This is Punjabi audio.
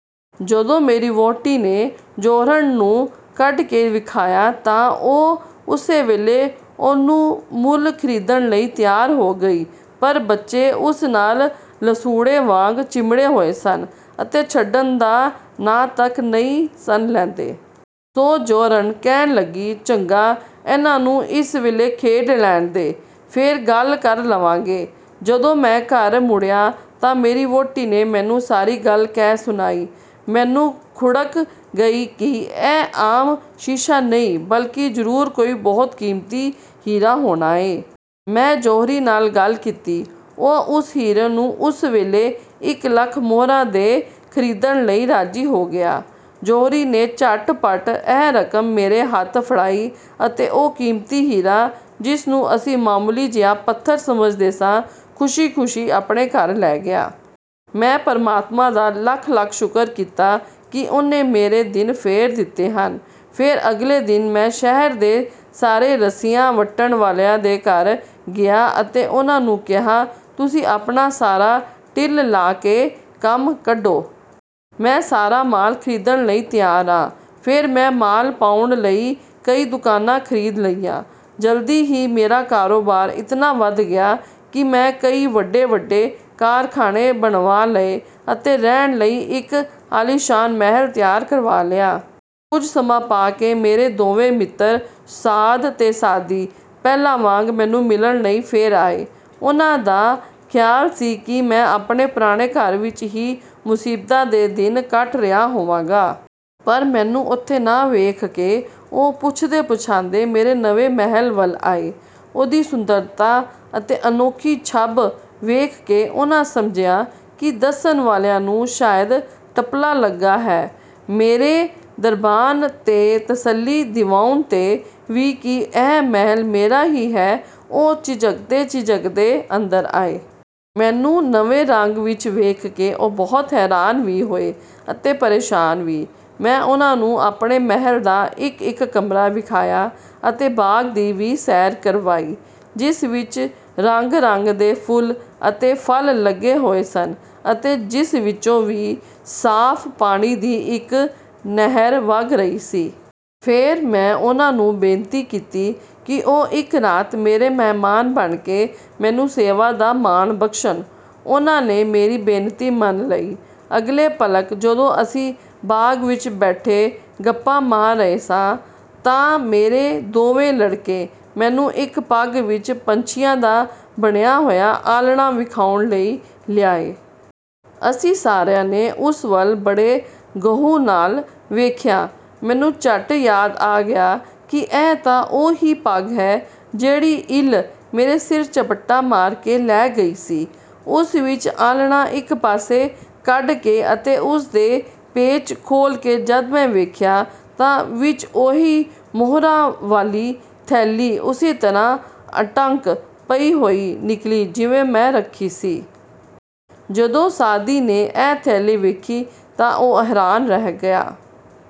ਜਦੋਂ ਮੇਰੀ ਵਹੁਟੀ ਨੇ ਜੌਹਰਣ ਨੂੰ ਕੱਢ ਕੇ ਵਿਖਾਇਆਂ ਤਾਂ ਉਹ ਉਸੇ ਵੇਲੇ ਉਹਨੂੰ ਮੁਲ ਖ਼ਰੀਦਣ ਲਈ ਤਿਆਰ ਹੋ ਗਈ। ਪਰ ਬੱਚੇ ਉਸ ਨਾਲ ਲਸੂੜੇ ਵਾਂਙ ਚਿਮੜੇ ਹੋਏ ਸਨ ਅਤੇ ਛੱਡਣ ਦਾ ਨਾਂ ਤੱਕ ਨਹੀਂ ਸਨ ਲੈਂਦੇ। ਸੋ ਜੌਹਰਣ ਕਹਿਣ ਲੱਗੀ, "ਚੰਗਾ, ਇਹਨਾਂ ਨੂੰ ਇਸ ਵੇਲੇ ਖੇਡ ਲੈਣ ਦੇ। ਫੇਰ ਗੱਲ ਕਰ ਲਵਾਂਗੇ। " ਜਦੋਂ ਮੈਂ ਘਰ ਮੁੜਿਆ ਤਾਂ ਮੇਰੀ ਵਹੁਟੀ ਨੇ ਮੈਨੂੰ ਸਾਰੀ ਗੱਲ ਕਹਿ ਸੁਣਾਈ। ਮੈਨੂੰ ਖੁੜਕ ਗਈ ਕਿ ਇਹ ਆਮ ਸ਼ੀਸ਼ਾ ਨਹੀਂ ਬਲਕਿ ਜ਼ਰੂਰ ਕੋਈ ਬਹੁਤ ਕੀਮਤੀ ਹੀਰਾ ਹੋਣਾ ਏ। ਮੈਂ ਜੌਹਰੀ ਨਾਲ ਗੱਲ ਕੀਤੀ। ਉਹ ਉਸ ਹੀਰੇ ਨੂੰ ਉਸੇ ਵੇਲੇ ਇਕ ਲੱਖ ਮੁਹਰਾਂ ਤੇ ਖ਼ਰੀਦਣ ਲਈ ਰਾਜ਼ੀ ਹੋ ਗਿਆ। ਜੌਹਰੀ ਨੇ ਝਟ ਪਟ ਇਹ ਰਕਮ ਮੇਰੇ ਹੱਥ ਫੜਾਈ ਅਤੇ ਉਹ ਕੀਮਤੀ ਹੀਰਾ ਜਿਸ ਨੂੰ ਅਸੀਂ ਮਾਮੂਲੀ ਜਿਹਾ ਪੱਥਰ ਸਮਝਦੇ ਸਾਂ, ਖੁਸ਼ੀ ਖੁਸ਼ੀ ਆਪਣੇ ਘਰ ਲੈ ਗਿਆ। ਮੈਂ ਪਰਮਾਤਮਾ ਦਾ ਲੱਖ ਲੱਖ ਸ਼ੁਕਰ ਕੀਤਾ ਕਿ ਉਹਨੇ ਮੇਰੇ ਦਿਨ ਫੇਰ ਦਿੱਤੇ ਹਨ। ਫੇਰ ਅਗਲੇ ਦਿਨ ਮੈਂ ਸ਼ਹਿਰ ਦੇ ਸਾਰੇ ਰੱਸੀਆਂ ਵੱਟਣ ਵਾਲਿਆਂ ਦੇ ਘਰ ਗਿਆ ਅਤੇ ਉਹਨਾਂ ਨੂੰ ਕਿਹਾ, 'ਤੁਸੀਂ ਆਪਣਾ ਸਾਰਾ ਟਿੱਲ ਲਾ ਕੇ ਕੰਮ ਕੱਢੋ। ਮੈਂ ਸਾਰਾ ਮਾਲ ਖ਼ਰੀਦਣ ਲਈ ਤਿਆਰ ਆਂ। ਫੇਰ ਮੈਂ ਮਾਲ ਪਾਉਣ ਲਈ ਕਈ ਦੁਕਾਨਾਂ ਖ਼ਰੀਦ ਲਈਆਂ। ਜਲਦੀ ਹੀ ਮੇਰਾ ਕਾਰੋਬਾਰ ਇਤਨਾ ਵੱਧ ਗਿਆ ਕਿ ਮੈਂ ਕਈ ਵੱਡੇ ਵੱਡੇ ਕਾਰਖ਼ਾਨੇ ਬਣਵਾ ਲਏ ਅਤੇ ਰਹਿਣ ਲਈ ਇਕ ਆਲੀਸ਼ਾਨ ਮਹੱਲ ਤਿਆਰ ਕਰਵਾ ਲਿਆ। ਕੁਝ ਸਮਾਂ ਪਾ ਕੇ ਮੇਰੇ ਦੋਵੇਂ ਮਿੱਤਰ, ਸਾਅਦ ਤੇ ਸਾਅਦੀ, ਪਹਿਲਾਂ ਵਾਂਙ ਮੈਨੂੰ ਮਿਲਣ ਲਈ ਫੇਰ ਆਏ। ਉਹਨਾਂ ਦਾ ਖ਼ਿਆਲ ਸੀ ਕਿ ਮੈਂ ਆਪਣੇ ਪੁਰਾਣੇ ਘਰ ਵਿਚ ਹੀ ਮੁਸੀਬਤਾਂ ਦੇ ਦਿਨ ਕੱਟ ਰਿਹਾ ਹੋਵਾਂਗਾ। ਪਰ ਮੈਨੂੰ ਉੱਥੇ ਨਾ ਵੇਖ ਕੇ ਉਹ ਪੁੱਛਦੇ ਪੁੱਛਾਂਦੇ ਮੇਰੇ ਨਵੇਂ ਮਹੱਲ ਵੱਲ ਆਏ। ਉਹਦੀ ਸੁੰਦਰਤਾ ਅਤੇ ਅਨੋਖੀ ਛੱਬ ਵੇਖ ਕੇ ਉਹਨਾਂ ਸਮਝਿਆ ਕਿ ਦੱਸਣ ਵਾਲਿਆਂ ਨੂੰ ਸ਼ਾਇਦ ਟੱਪਲਾ ਲੱਗਾ ਹੈ। ਮੇਰੇ ਦਰਬਾਨ ਦੇ ਤਸੱਲੀ ਦਿਵਾਉਣ ਤੇ ਵੀ ਕਿ ਇਹ ਮਹੱਲ ਮੇਰਾ ਹੀ ਹੈ, ਉਹ ਝਿਜਕਦੇ ਝਿਜਕਦੇ ਅੰਦਰ ਆਏ। ਮੈਨੂੰ ਨਵੇਂ ਰੰਗ ਵਿਚ ਵੇਖ ਕੇ ਉਹ ਬਹੁਤ ਹੈਰਾਨ ਵੀ ਹੋਏ ਅਤੇ ਪਰੇਸ਼ਾਨ ਵੀ। ਮੈਂ ਉਹਨਾਂ ਨੂੰ ਆਪਣੇ ਮਹੱਲ ਦਾ ਇਕ ਇਕ ਕਮਰਾ ਵਿਖਾਇਆ ਅਤੇ ਬਾਗ਼ ਦੀ ਵੀ ਸੈਰ ਕਰਵਾਈ, ਜਿਸ ਵਿਚ ਰੰਗ ਰੰਗ ਦੇ ਫੁੱਲ ਅਤੇ ਫਲ ਲੱਗੇ ਹੋਏ ਸਨ ਅਤੇ ਜਿਸ ਵਿੱਚੋਂ ਦੀ ਸਾਫ਼ ਪਾਣੀ ਦੀ ਇਕ ਨਹਿਰ ਵੱਗ ਰਹੀ ਸੀ। ਫੇਰ ਮੈਂ ਉਹਨਾਂ ਨੂੰ ਬੇਨਤੀ ਕੀਤੀ ਕਿ ਉਹ ਇਕ ਰਾਤ ਮੇਰੇ ਮਹਿਮਾਨ ਬਣ ਕੇ ਮੈਨੂੰ ਸੇਵਾ ਦਾ ਮਾਣ ਬਖ਼ਸ਼ਣ। ਉਹਨਾਂ ਨੇ ਮੇਰੀ ਬੇਨਤੀ ਮੰਨ ਲਈ। ਅਗਲੇ ਭਲਕ ਜਦੋਂ ਅਸੀਂ ਬਾਗ ਵਿਚ ਬੈਠੇ ਗੱਪਾਂ ਮਾਰ ਰਹੇ ਸਾਂ ਤਾਂ ਮੇਰੇ ਦੋਵੇਂ ਲੜਕੇ ਮੈਨੂੰ ਇਕ ਪੱਗ ਵਿਚ ਪੰਛੀਆਂ ਦਾ ਬਣਿਆ ਹੋਇਆ ਆਲਣਾ ਵਿਖਾਉਣ ਲਈ ਲਿਆਏ। ਅਸੀਂ ਸਾਰਿਆਂ ਨੇ ਉਸ ਵਲ ਬੜੇ ਗਹੁ ਨਾਲ ਵੇਖਿਆ। ਮੈਨੂੰ ਝੱਟ ਯਾਦ ਆ ਗਿਆ ਕਿ ਇਹ ਤਾਂ ਉਹ ਹੀ ਪੱਗ ਹੈ ਜਿਹੜੀ ਇੱਲ ਮੇਰੇ ਸਿਰ ਝਪਟਾ ਮਾਰ ਕੇ ਲੈ ਗਈ ਸੀ। ਉਸ ਵਿਚੋਂ ਆਲ੍ਹਣਾ ਇਕ ਪਾਸੇ ਕੱਢ ਕੇ ਅਤੇ ਉਸ ਦੇ ਪੇਚ ਖੋਲ ਕੇ ਜਦ ਮੈਂ ਵੇਖਿਆ ਤਾਂ ਵਿਚ ਉਹੋ ਹੀ ਮੁਹਰਾਂ ਵਾਲੀ ਥੈਲੀ ਉਸੇ ਤਰ੍ਹਾਂ ਅਟੰਕ ਪਈ ਹੋਈ ਨਿਕਲੀ ਜਿਵੇਂ ਮੈਂ ਰੱਖੀ ਸੀ। ਜਦੋਂ ਸਾਅਦੀ ਨੇ ਇਹ ਥੈਲੀ ਵੇਖੀ ਤਾਂ ਉਹ ਹੈਰਾਨ ਰਹਿ ਗਿਆ।